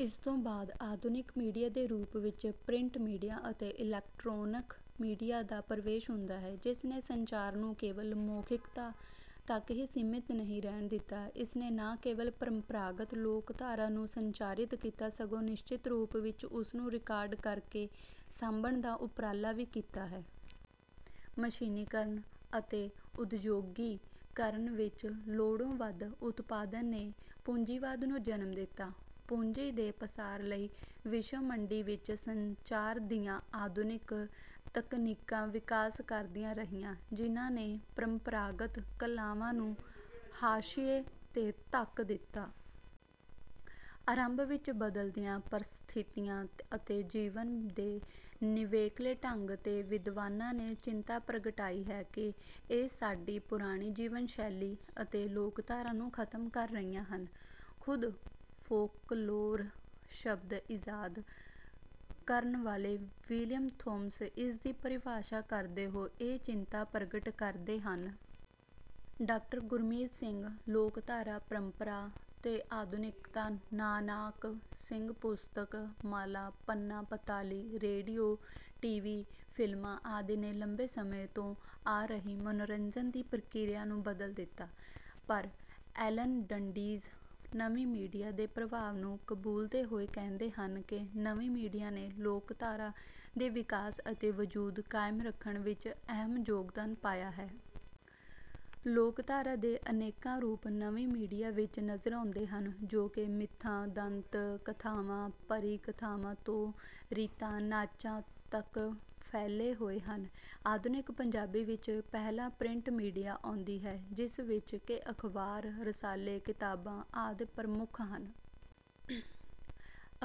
ਇਸਤੋਂ ਬਾਅਦ ਆਧੁਨਿਕ ਮੀਡੀਆ ਦੇ ਰੂਪ ਵਿਚ ਪ੍ਰਿੰਟ ਮੀਡੀਆ ਅਤੇ ਇਲੈਕਟ੍ਰੋਨਕ ਮੀਡੀਆ ਦਾ ਪਰਵੇਸ਼ ਹੁੰਦਾ ਹੈ। ਜਿਸ ਨੇ ਸੰਚਾਰ ਨੂੰ ਕੇਵਲ ਮੌਖਿਕਤਾ ਤੱਕ ਹੀ ਸੀਮਿਤ ਨਹੀਂ ਰਹਿਣ ਦਿੱਤਾ। ਇਸਨੇ ਨਾ ਕੇਵਲ ਪ੍ਰੰਪਰਾਗਤ ਲੋਕਧਾਰਾ ਨੂੰ ਸੰਚਾਰਿਤ ਕੀਤਾ ਸਗੋਂ ਨਿਸ਼ਚਿਤ ਰੂਪ ਵਿੱਚ ਉਸਨੂੰ ਰਿਕਾਰਡ ਕਰਕੇ ਸਾਂਭਣ ਦਾ ਉਪਰਾਲਾ ਵੀ ਕੀਤਾ ਹੈ। ਮਸ਼ੀਨੀਕਰਨ ਅਤੇ ਉਦ੍ਯੋਗੀਕਰਨ ਵਿਚ ਲੋੜੋਂ ਵੱਧ ਉਤਪਾਦਨ ਨੇ ਪੂੰਜੀਵਾਦ ਨੂੰ ਜਨਮ ਦਿੱਤਾ। ਪੂੰਜੀ ਦੇ ਪਸਾਰ ਲਈ ਵਿਸ਼ਵ ਮੰਡੀ ਵਿਚ ਸੰਚਾਰ ਦੀਆਂ ਆਧੁਨਿਕ ਤਕਨੀਕਾਂ ਵਿਕਾਸ ਕਰਦੀਆਂ ਰਹੀਆਂ ਜਿਨ੍ਹਾਂ ਨੇ ਪਰੰਪਰਾਗਤ ਕਲਾਵਾਂ ਨੂੰ ਹਾਸ਼ੀਏ ਤੇ ਧੱਕ ਦਿੱਤਾ। ਆਰੰਭ ਵਿੱਚ ਬਦਲਦੀਆਂ ਪ੍ਰਸਥਿਤੀਆਂ ਅਤੇ ਜੀਵਨ ਦੇ ਨਿਵੇਕਲੇ ਢੰਗ ਤੇ ਵਿਦਵਾਨਾਂ ਨੇ ਚਿੰਤਾ ਪ੍ਰਗਟਾਈ ਹੈ ਕਿ ਇਹ ਸਾਡੀ ਪੁਰਾਣੀ ਜੀਵਨ ਸ਼ੈਲੀ ਅਤੇ ਲੋਕਧਾਰਾ ਨੂੰ ਖ਼ਤਮ ਕਰ ਰਹੀਆਂ ਹਨ। ਖੁਦ ਫੋਕਲੋਰ ਸ਼ਬਦ ਇਜਾਦ ਕਰਨ ਵਾਲੇ ਵਿਲੀਅਮ ਥੋਮਸ ਇਸ ਦੀ ਪਰਿਭਾਸ਼ਾ ਕਰਦੇ ਹੋਏ ਇਹ ਚਿੰਤਾ ਪ੍ਰਗਟ ਕਰਦੇ ਹਨ। ਡਾਕਟਰ ਗੁਰਮੀਤ ਸਿੰਘ, ਲੋਕਧਾਰਾ ਪਰੰਪਰਾ ਤੇ ਆਧੁਨਿਕਤਾ, ਨਾਨਾਕ ਸਿੰਘ ਪੁਸਤਕ ਮਾਲਾ ਪੰਨਾ-ਪੰਤਾਲੀ, ਰੇਡੀਓ, ਟੀ. ਵੀ., ਫਿ਼ਲਮਾਂ ਆਦਿ ਨੇ ਲੰਬੇ ਸਮੇਂ ਤੋਂ ਆ ਰਹੀ ਮਨੋਰੰਜਨ ਦੀ ਪ੍ਰਕਿਰਿਆ ਨੂੰ ਬਦਲ ਦਿੱਤਾ। ਪਰ ਐਲਨ ਡੰਡੀਜ਼ ਨਵੀਂ ਮੀਡੀਆ ਦੇ ਪ੍ਰਭਾਵ ਨੂੰ ਕਬੂਲਦੇ ਹੋਏ ਕਹਿੰਦੇ ਹਨ ਕਿ ਨਵੀਂ ਮੀਡੀਆ ਨੇ ਲੋਕਧਾਰਾ ਦੇ ਵਿਕਾਸ ਅਤੇ ਵਜੂਦ ਕਾਇਮ ਰੱਖਣ ਵਿੱਚ ਅਹਿਮ ਯੋਗਦਾਨ ਪਾਇਆ ਹੈ। ਲੋਕਧਾਰਾ ਦੇ ਅਨੇਕਾਂ ਰੂਪ ਨਵੀਂ ਮੀਡੀਆ ਵਿੱਚ ਨਜ਼ਰ ਆਉਂਦੇ ਹਨ, ਜੋ ਕਿ ਮਿੱਥਾਂ, ਦੰਤ ਕਥਾਵਾਂ, ਪਰੀ ਕਥਾਵਾਂ ਤੋਂ ਰੀਤਾਂ, ਨਾਚਾਂ ਤੱਕ ਫੈਲੇ ਹੋਏ ਹਨ। ਆਧੁਨਿਕ ਪੰਜਾਬੀ ਵਿੱਚ ਪਹਿਲਾਂ ਪ੍ਰਿੰਟ ਮੀਡੀਆ ਆਉਂਦੀ ਹੈ ਜਿਸ ਵਿੱਚ ਕਿ ਅਖ਼ਬਾਰ, ਰਸਾਲੇ, ਕਿਤਾਬਾਂ ਆਦਿੇ ਪਰਮੁੱਖ ਹਨ।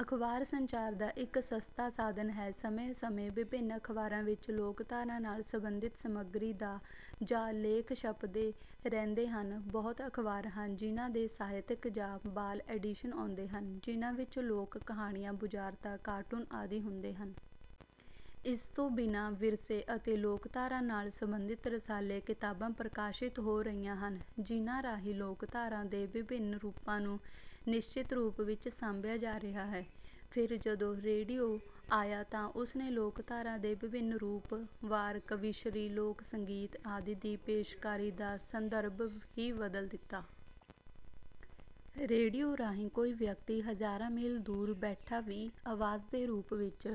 ਅਖ਼ਬਾਰ ਸੰਚਾਰ ਦਾ ਇੱਕ ਸਸਤਾ ਸਾਧਨ ਹੈ ਸਮੇਂ ਸਮੇਂ ਵਿਭਿੰਨ ਅਖਬਾਰਾਂ ਵਿੱਚ ਲੋਕਧਾਰਾ ਨਾਲ ਸਬੰਧਿਤ ਸਮੱਗਰੀ ਦਾ ਜਾ ਲੇਖ ਛਪਦੇ ਰਹਿੰਦੇ ਹਨ। ਬਹੁਤ ਅਖ਼ਬਾਰ ਹਨ ਜਿਨ੍ਹਾਂ ਦੇ ਸਾਹਿਤਕ ਜਾਂ ਬਾਲ ਐਡੀਸ਼ਨ ਆਉਂਦੇ ਹਨ, ਜਿਨ੍ਹਾਂ ਵਿੱਚ ਲੋਕ ਕਹਾਣੀਆਂ, ਬੁਝਾਰਤਾਂ, ਕਾਰਟੂਨ ਆਦਿ ਹੁੰਦੇ ਹਨ। ਇਸ ਤੋਂ ਬਿਨ੍ਹਾਂ ਵਿਰਸੇ ਅਤੇ ਲੋਕਧਾਰਾ ਨਾਲ ਸਬੰਧਿਤ ਰਸਾਲੇ, ਕਿਤਾਬਾਂ ਪ੍ਰਕਾਸ਼ਿਤ ਹੋ ਰਹੀਆਂ ਹਨ ਜਿਨ੍ਹਾਂ ਰਾਹੀਂ ਲੋਕਧਾਰਾ ਦੇ ਵਿਭਿੰਨ ਰੂਪਾਂ ਨੂੰ ਨਿਸ਼ਚਿਤ ਰੂਪ ਵਿੱਚ ਸਾਂਭਿਆ ਜਾ ਰਿਹਾ ਹੈ। ਫਿਰ ਜਦੋਂ ਰੇਡੀਓ ਆਇਆ ਤਾਂ ਉਸ ਨੇ ਲੋਕਧਾਰਾ ਦੇ ਵਿਭਿੰਨ ਰੂਪ ਵਾਰ, ਕਵੀਸ਼ਰੀ, ਲੋਕ ਸੰਗੀਤ ਆਦਿ ਦੀ ਪੇਸ਼ਕਾਰੀ ਦਾ ਸੰਦਰਭ ਹੀ ਬਦਲ ਦਿੱਤਾ। ਰੇਡੀਓ ਰਾਹੀਂ ਕੋਈ ਵਿਅਕਤੀ ਹਜ਼ਾਰਾਂ ਮੀਲ ਦੂਰ ਬੈਠਾ ਵੀ ਆਵਾਜ਼ ਦੇ ਰੂਪ ਵਿੱਚ